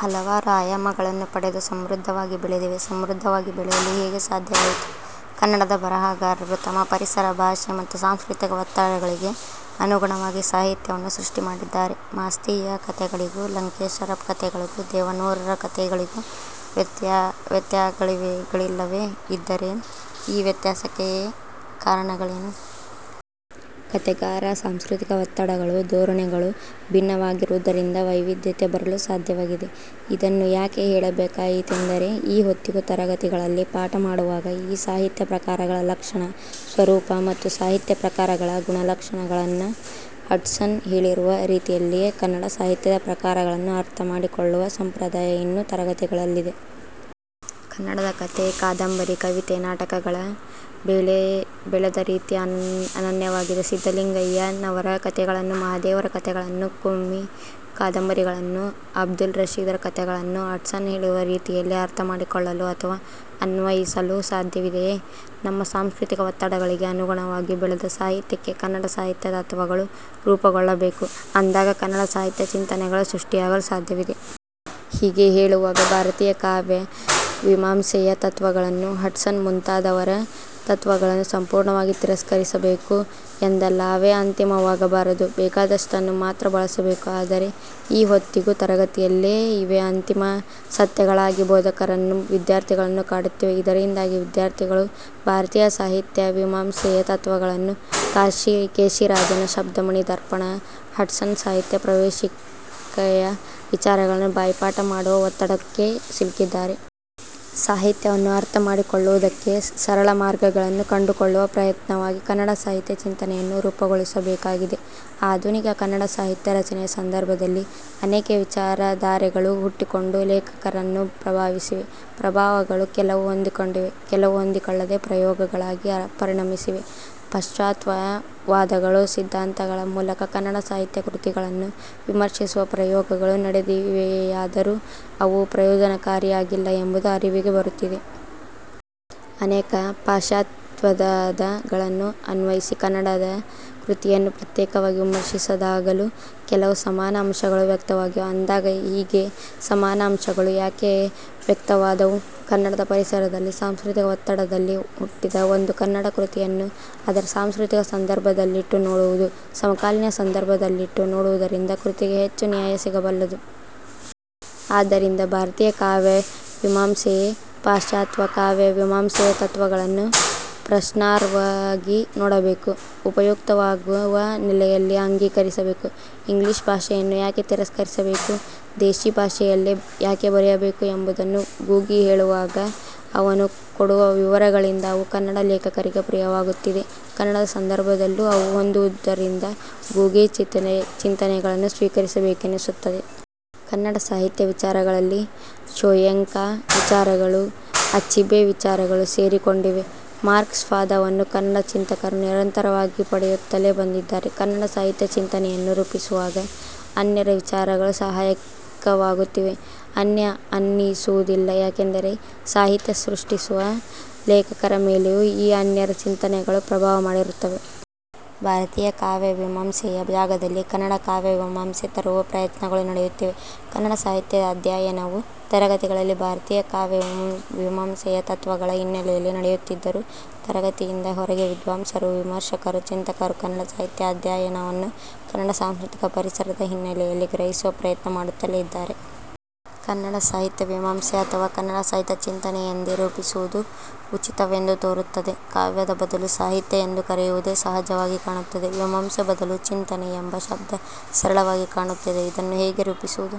ಹಲವಾರು ಆಯಾಮಗಳನ್ನು ಪಡೆದು ಸಮೃದ್ಧ ವಾಗಿ ಬೆಳೆದಿವೆ. ಸಮೃದ್ಧವಾಗಿ ಬೆಳೆಯಲು ಹೇಗೆ ಸಾಧ್ಯವಾಯಿತು? ಕನ್ನಡದ ಬರಹಗಾರರು ತಮ್ಮ ಪರಿಸರ, ಭಾಷೆ ಮತ್ತು ಸಾಂಸ್ಕೃತಿಕ ಒತ್ತಡಗಳಿಗೆ ಅನುಗುಣವಾಗಿ ಸಾಹಿತ್ಯವನ್ನು ಸೃಷ್ಟಿಮಾಡಿದ್ದಾರೆ. ಮಾಸ್ತಿಯ ಕಥೆಗಳಿಗೂ, ಲಂಕೇಶರ ಕಥೆಗಳಿಗೂ, ದೇವನೂರರ ಕಥೆ ಗಳಿಗೂ ವ್ಯತ್ಯಾಗಳಿಲ್ಲವೇ? ಇದ್ದರೆ ಈ ವ್ಯತ್ಯಾಸಕ್ಕೆ ಕಾರಣಗಳೇನು? ಕಥೆಗಾರರ ಸಾಂಸ್ಕೃತಿಕ ಒತ್ತಡಗಳು, ಧೋರಣೆಗಳು ಭಿನ್ನವಾಗಿರುವುದರಿಂದ ವೈವಿಧ್ಯತೆ ಬರಲು ಸಾಧ್ಯವಾಗಿದೆ. ಇದನ್ನು ಯಾಕೆ ಹೇಳಬೇಕಾಯಿತೆಂದರೆ ಈ ಹೊತ್ತಿಗೂ ತರಗತಿಗಳಲ್ಲಿ ಪಾಠ ಮಾಡುವಾಗ ಈ ಸಾಹಿತ್ಯ ಪ್ರಕಾರಗಳ ಲಕ್ಷಣ, ಸ್ವರೂಪ ಮತ್ತು ಸಾಹಿತ್ಯ ಪ್ರಕಾರಗಳ ಗುಣಲಕ್ಷಣಗಳನ್ನ ಹಡ್ಸನ್ ಹೇಳಿರುವ ರೀತಿಯಲ್ಲಿಯೇ ಕನ್ನಡ ಸಾಹಿತ್ಯದ ಪ್ರಕಾರಗಳನ್ನು ಅರ್ಥಮಾಡಿ ಕೊಳ್ಳುವ ಸಂಪ್ರದಾಯ ಇನ್ನು ತರಗತಿಗಳಲ್ಲಿದೆ. ಕನ್ನಡದ ಕಥೆ, ಕಾದಂಬರಿ, ಕವಿತೆ, ನಾಟಕಗಳು ಬೆಳೆದ ರೀತಿ ಅನನ್ಯವಾಗಿದೆ. ಸಿದ್ಧಲಿಂಗಯ್ಯ ನವರ ಕವಿತೆಗಳನ್ನು, ಮಹಾದೇವರ ಕಥೆಗಳನ್ನು, ಕುಂವೀ ಕಾದಂಬರಿಗಳನ್ನು, ಅಬ್ದುಲ್ ರಶೀದರ ಕಥೆಗಳನ್ನು ಹಡ್ಸನ್ ಹೇಳುವ ರೀತಿಯಲ್ಲಿ ಅರ್ಥಮಾಡಿಕೊಳ್ಳಲು ಅಥವಾ ಅನ್ವಯಿಸಲು ಸಾಧ್ಯವಿದೆಯೇ? ನಮ್ಮ ಸಾಂಸ್ಕೃತಿಕ ಒತ್ತಡಗಳಿಗೆ ಅನುಗುಣವಾಗಿ ಬೆಳೆದ ಸಾಹಿತ್ಯಕ್ಕೆ ಕನ್ನಡ ಸಾಹಿತ್ಯ ತತ್ವಗಳು ರೂಪುಗೊಳ್ಳಬೇಕು ಅಂದಾಗ ಕನ್ನಡ ಸಾಹಿತ್ಯ ಚಿಂತನೆಗಳು ಸೃಷ್ಟಿಯಾಗಲು ಸಾಧ್ಯವಿದೆ. ಹೀಗೆ ಹೇಳುವಾಗ ಭಾರತೀಯ ಕಾವ್ಯ ಮೀಮಾಂಸೆಯ ತತ್ವಗಳನ್ನು, ಹಡ್ಸನ್ ಮುಂತಾ ದವರ ತತ್ವಗಳನ್ನು ಸಂಪೂರ್ಣವಾಗಿ ತಿರಸ್ಕರಿಸಬೇಕು ಎಂದಲ್ಲ. ಅವೇ ಅಂತಿಮ ವಾಗಬಾರದು. ಬೇಕಾದಷ್ಟನ್ನು ಮಾತ್ರ ಬಳಸಬೇಕು. ಆದರೆ ಈ ಹೊತ್ತಿಗೂ ತರಗತಿಯಲ್ಲಿ ಇವೇ ಅಂತಿಮ ಸತ್ಯಗಳಾಗಿ ಬೋಧಕರನ್ನು, ವಿದ್ಯಾರ್ಥಿಗಳನ್ನು ಕಾಡುತ್ತಿವೆ. ಇದರಿಂದಾಗಿ ವಿದ್ಯಾರ್ಥಿಗಳು ಭಾರತೀಯ ಸಾಹಿತ್ಯ ಮೀಮಾಂಸೆಯ ತತ್ವಗಳನ್ನು, ಕೇಶಿರಾಜನ ಶಬ್ದಮಣಿ ದರ್ಪಣವನ್ನು ಹಡ್ಸನ್ನ ಸಾಹಿತ್ಯ ಪ್ರವೇಶಿಕೆಯ ವಿಚಾರಗಳನ್ನು ಬಾಯಿಪಾಠ ಮಾಡುವ ಒತ್ತಡಕ್ಕೆ ಸಿಲುಕಿದ್ದಾರೆ. ಸಾಹಿತ್ಯವನ್ನು ಅರ್ಥಮಾಡಿಕೊಳ್ಳುವುದಕ್ಕೆ ಸರಳ ಮಾರ್ಗಗಳನ್ನು ಕಂಡುಕೊಳ್ಳುವ ಪ್ರಯತ್ನವಾಗಿ ಕನ್ನಡ ಸಾಹಿತ್ಯ ಚಿಂತನೆಯನ್ನು ರೂಪುಗೊಳಿಸಬೇಕಾಗಿದೆ. ಆಧುನಿಕ ಕನ್ನಡ ಸಾಹಿತ್ಯ ರಚನೆಯ ಸಂದರ್ಭದಲ್ಲಿ ಅನೇಕ ವಿಚಾರ ಧಾರೆಗಳು ಹುಟ್ಟಿ ಕೊಂಡು ಲೇಖಕರನ್ನು ಪ್ರಭಾವಿಸಿವೆ. ಪ್ರಭಾವಗಳು ಕೆಲವು ಹೊಂದಿಕೊಂಡಿವೆ. ಕೆಲವು ಹೊಂದಿಕೊಳ್ಳದೇ ಪ್ರಯೋಗಗಳಾಗಿ ಪರಿಣಮಿಸಿವೆ. ಪಾಶ್ಚಾತ್ಯ ವಾದಗಳು, ಸಿದ್ಧಾಂತಗಳ ಮೂಲಕ ಕನ್ನಡ ಸಾಹಿತ್ಯ ಕೃತಿಗಳನ್ನು ವಿಮರ್ಶಿಸುವ ಪ್ರಯೋಗಗಳು ನಡೆದಿವೆಯಾದರೂ ಅವು ಪ್ರಯೋಜನಕಾರಿಯಾಗಿಲ್ಲ ಎಂಬುದು ಅರಿವಿಗೆ ಬರುತ್ತಿದೆ. ಅನೇಕ ಪಾಶ್ಚಾತ್ಯವಾದ ಗಳನ್ನು ಅನ್ವಯಿಸಿ ಕನ್ನಡದ ಕೃತಿಯನ್ನು ಪ್ರತ್ಯೇಕವಾಗಿ ವಿಮರ್ಶಿಸಿದಾಗಲೂ ಕೆಲವು ಸಮಾನ ಅಂಶಗಳು ವ್ಯಕ್ತವಾಗಿವೆ. ಅಂದಾಗ ಹೀಗೆ ಸಮಾನ ಅಂಶಗಳು ಯಾಕೆ ವ್ಯಕ್ತವಾದವು? ಕನ್ನಡದ ಪರಿಸರದಲ್ಲಿ, ಸಾಂಸ್ಕೃತಿಕ ಒತ್ತಡದಲ್ಲಿ ಹುಟ್ಟಿದ ಒಂದು ಕನ್ನಡ ಕೃತಿಯನ್ನು ಅದರ ಸಾಂಸ್ಕೃತಿಕ ಸಂದರ್ಭದಲ್ಲಿಟ್ಟು ನೋಡುವುದು, ಸಮಕಾಲೀನ ಸಂದರ್ಭದಲ್ಲಿಟ್ಟು ನೋಡುವುದರಿಂದ ಕೃತಿಗೆ ಹೆಚ್ಚು ನ್ಯಾಯ ಸಿಗಬಲ್ಲದು. ಆದ್ದರಿಂದ ಭಾರತೀಯ ಕಾವ್ಯ ಮಿಮಾಂಸೆ, ಪಾಶ್ಚಾತ್ಯ ಕಾವ್ಯ ಮಿಮಾಂಸೆಯ ತತ್ವಗಳನ್ನು ಪ್ರಶ್ನಾರ್ಹವಾಗಿ ನೋಡಬೇಕು. ಉಪಯುಕ್ತವಾಗುವ ನೆಲೆಯಲ್ಲಿ ಅಂಗೀಕರಿಸಬೇಕು. ಇಂಗ್ಲಿಶ್ ಭಾಷೆಯನ್ನು ಯಾಕೆ ತಿರಸ್ಕರಿಸಬೇಕು? ದೇಶಿ ಭಾಷೆಯಲ್ಲೇ ಯಾಕೆ ಬರೆಯಬೇಕು ಎಂಬುದನ್ನು ಗೂಗಿ ಹೇಳು ವಾಗ, ಅವನು ಕೊಡುವ ವಿವರಗಳಿಂದ ಅವು ಕನ್ನಡ ಲೇಖಕರಿಗೆ ಪ್ರಿಯವಾಗುತ್ತಿದೆ. ಕನ್ನಡದ ಸಂದರ್ಭದಲ್ಲೂ ಅವು ಹೊಂದುವದರಿಂದ ಗೂಗಿ ಚಿಂತನೆಗಳನ್ನು ಸ್ವೀಕರಿಸಬೇಕೆನಿಸುತ್ತದೆ. ಕನ್ನಡ ಸಾಹಿತ್ಯ ವಿಚಾರಗಳಲ್ಲಿ ಶೋಯೆಂಕಾ ವಿಚಾರಗಳು, ಅಚಿಬೆ ವಿಚಾರಗಳು ಸೇರಿ ಕೊಂಡಿವೆ. ಮಾರ್ಕ್ ಸ್ವಾದವನ್ನು ಕನ್ನಡ ಚಿಂತಕರು ನಿರಂತರವಾಗಿ ಪಡೆಯುತ್ತಲೇ ಬಂದಿ ದ್ದಾರೆ. ಕನ್ನಡ ಸಾಹಿತ್ಯ ಚಿಂತನೆಯನ್ನು ರೂಪಿಸುವಾಗ ಅನ್ಯರ ವಿಚಾರಗಳು ಸಹಾಯಕ ವಾಗುತ್ತಿವೆ. 'ಅನ್ಯ' ಅನ್ನಿಸುವುದಿಲ್ಲ. ಯಾಕೆಂದರೆ ಸಾಹಿತ್ಯ ಸೃಷ್ಟಿಸುವ ಲೇಖಕರ ಮೇಲೆಯೂ ಈ ಅನ್ಯರ ಚಿಂತನೆಗಳು ಪ್ರಭಾವ ಮಾಡಿರುತ್ತವೆ. 'ಭಾರತೀಯ ಕಾವ್ಯ ಮೀಮಾಂಸೆ'ಯ ಜಾಗದಲ್ಲಿ 'ಕನ್ನಡ ಕಾವ್ಯ ಮೀಮಾಂಸೆ' ತರುವ ಪ್ರಯತ್ನಗಳು ನಡೆಯುತ್ತಿವೆ. ಕನ್ನಡ ಸಾಹಿತ್ಯದ ಅಧ್ಯಯನವು ತರಗತಿಗಳಲ್ಲಿ ಭಾರತೀಯ ಕಾವ್ಯ ಮೀಮಾಂಸೆಯ ತತ್ವಗಳ ಹಿನ್ನೆಲೆಯಲ್ಲಿ ನಡೆಯುತ್ತಿದ್ದರೂ, ತರಗತಿಯಿಂದ ಹೊರಗೆ ವಿದ್ವಾಂಸರು, ವಿಮರ್ಶಕರು, ಚಿಂತಕರು ಕನ್ನಡ ಸಾಹಿತ್ಯ ಅಧ್ಯಯನವನ್ನು ಕನ್ನಡ ಸಾಂಸ್ಕೃತಿಕ ಪರಿಸರದ ಹಿನ್ನೆಲೆಯಲ್ಲಿ ಗ್ರಹಿಸುವ ಪ್ರಯತ್ನ ಮಾಡುತ್ತಲೇ ಇದ್ದಾರೆ. 'ಕನ್ನಡ ಸಾಹಿತ್ಯ ಮೀಮಾಂಸೆ' ಅಥವಾ 'ಕನ್ನಡ ಸಾಹಿತ್ಯ ಚಿಂತನೆ' ಎಂದೇ ರೂಪಿಸುವುದು ಉಚಿತವೆಂದು ತೋರುತ್ತದೆ. 'ಕಾವ್ಯದ' ಬದಲು 'ಸಾಹಿತ್ಯ' ಎಂದು ಕರೆಯುವುದೇ ಸಹಜವಾಗಿ ಕಾಣುತ್ತದೆ. 'ಮೀಮಾಂಸೆ' ಬದಲು 'ಚಿಂತನೆ' ಎಂಬ ಶಬ್ದ ಸರಳವಾಗಿ ಕಾಣುತ್ತಿದೆ. ಇದನ್ನು ಹೇಗೆ ರೂಪಿಸುವುದು?